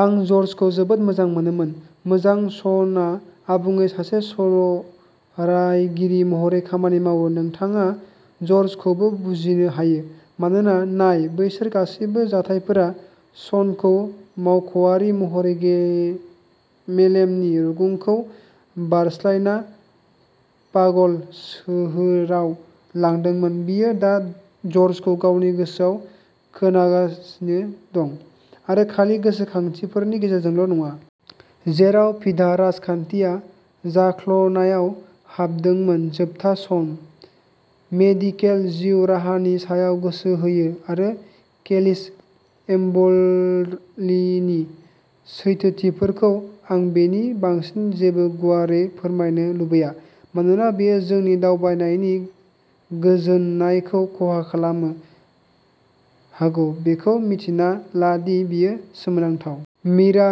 आं जर्जखौ जोबोद मोजां मोनोमोन। मोजां, शनआ आबुङै सासे सल'रायगिरि महरै खामानि मावो। नोंथाङा जर्जखौबो बुजिनो हायो, मानोना, नाय, बैफोर गासैबो जाथायफोरा श'नखौ मावख'आरि महरै गे मेलेमनि रुगुंखौ बारस्लायना पागल सोहोराव लांदोंमोन। बियो दा जर्जखौ गावनि गोसोआव खोनागासिनो दं, आरो खालि गोसोखांथिफोरनि गेजेरजोंल'नङा। जेराव फीडा राजखान्थियाव जाख्ल'नायाव हाबदोंमोन, जोबथा सम। मेडिकेल जिउ राहानि सायाव गोसो होयो, आरो केलिस-एम्बर्लिनि सैथोथिफोरखौ। आं बेनि बांसिन जेबो गुवारै फोरमायनो लुबैया, मानोना बेयो नोंनि दावबायनायनि गोजोननायखौ खहा खालामनो हागौ। बेखौ मिन्थिना ला दि बेयो सोमोनांथाव। मिरा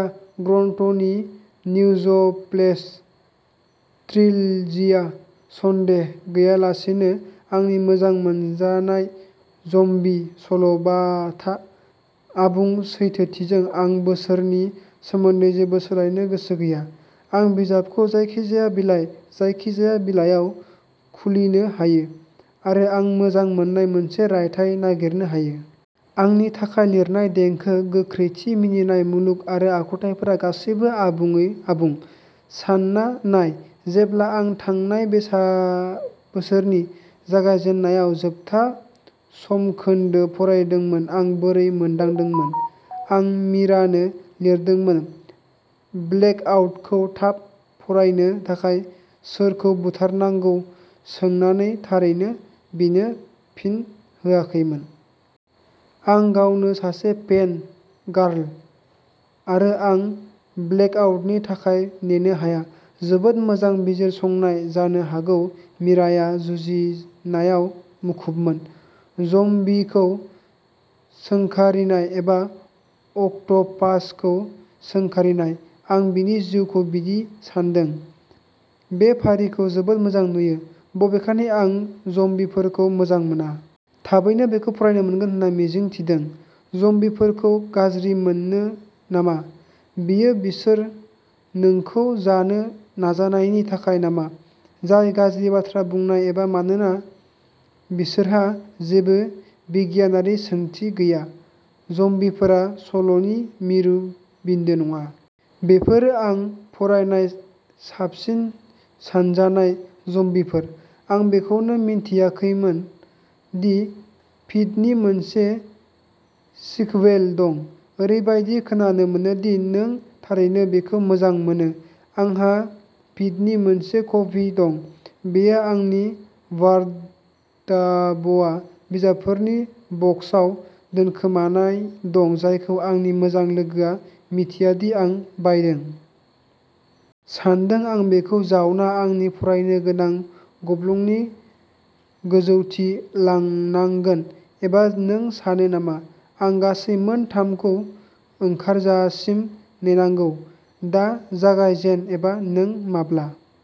ग्रान्टनि निउजफ्लेश ट्रिलजिया, सन्देह गैयालासेनो, आंनि मोजां मोनजानाय ज'म्बि सल'बाथा। आबुं सैथोथिजों, आं बिसोरनि सोमोन्दै जेबो सोलायनो गोसो गैया। आं बिजाबखौ जायखिजाया बिलाइ, जायखिजाया बिलाइयाव खुलिनो हायो, आरो आं मोजां मोननाय मोनसे रायथाइ नागिरनो हायो। आंनि थाखाय, लिरनाय, देंखो, गोख्रैथि, मिनिनाय, मुलुग आरो आखुथाइफोरा गासैबो आबुङै आबुं। सानना नाय जेब्ला आं थांनाय बोसोरनि जागायजेन्नायाव जोबथा समखोन्दो फरायदोंमोन आं बोरै मोनदांदोंमोन?! आं मिरानो लिरदोंमोन ब्लेकआउटखौ थाब फरायनो थाखाय सोरखौ बुथारनांगौ सोंनानैः थारैनो बियो फिन होआखैमोन। आं गावनो सासे फेन गार्ल, आरो आं ब्लेकआउटनि थाखाय नेनो हाया। जोबोद मोजां बिजिरसंनाय! जानो हागौ मिराया जुजिनायआव मुखुबमोन। ज'म्बीखौ सोंखारिनाय। एबा अक्ट'पासखौ सोंखारिनाय। आं बिनि जिउखौ बिदि सानदों। बे फारिखौ जोबोद मोजां नुयो, बबेखानि आं ज'म्बीफोरखौ मोजां मोना। थाबैनो बेखौ फरायनो मोनगोन होनना मिजिं थिदों। ज'म्बीफोरखौ गाज्रि मोनो नामा?? बेयो बिसोर नोंखौ जानो नाजानायनि थाखाय नामा, जाय गाज्रि बाथ्रा बुंनाय, एबा मानोना बिसोरहा जेबो बिगियानारि ओंथि गैया? ज'म्बीफोरा सल'नि मिरु बिन्दो नङा। बेफोरो आं फरायनाय साबसिन सानजानाय ज'म्बीफोर। आं बेखौबो मिन्थियाखैमोन दि'फीड'नि मोनसे सिक्वेल दं! ओरैबायदि खोनानो मोनो दि नों थारैनो बेखौ मोजां मोनो! आंहा फिडनि मोनसे कपि दं, बेयो आंनि वार्ड्रोबआ बिजाबफोरनि बक्सआव दोनखोमानाय दं जायखौ आंनि मोजां लोगोआ मिथिया दि आं बायदों! सानदों आं बेखौ जावना आंनि फरायनो गोनां गब्लंनि गोजौथिं लांनांगोन! एबा नों सानो नामा आं गासै मोन मोनथाम खौ ओंखारजासिम नेनांगौ? दा जागायजेन! एबा नों माब्ला?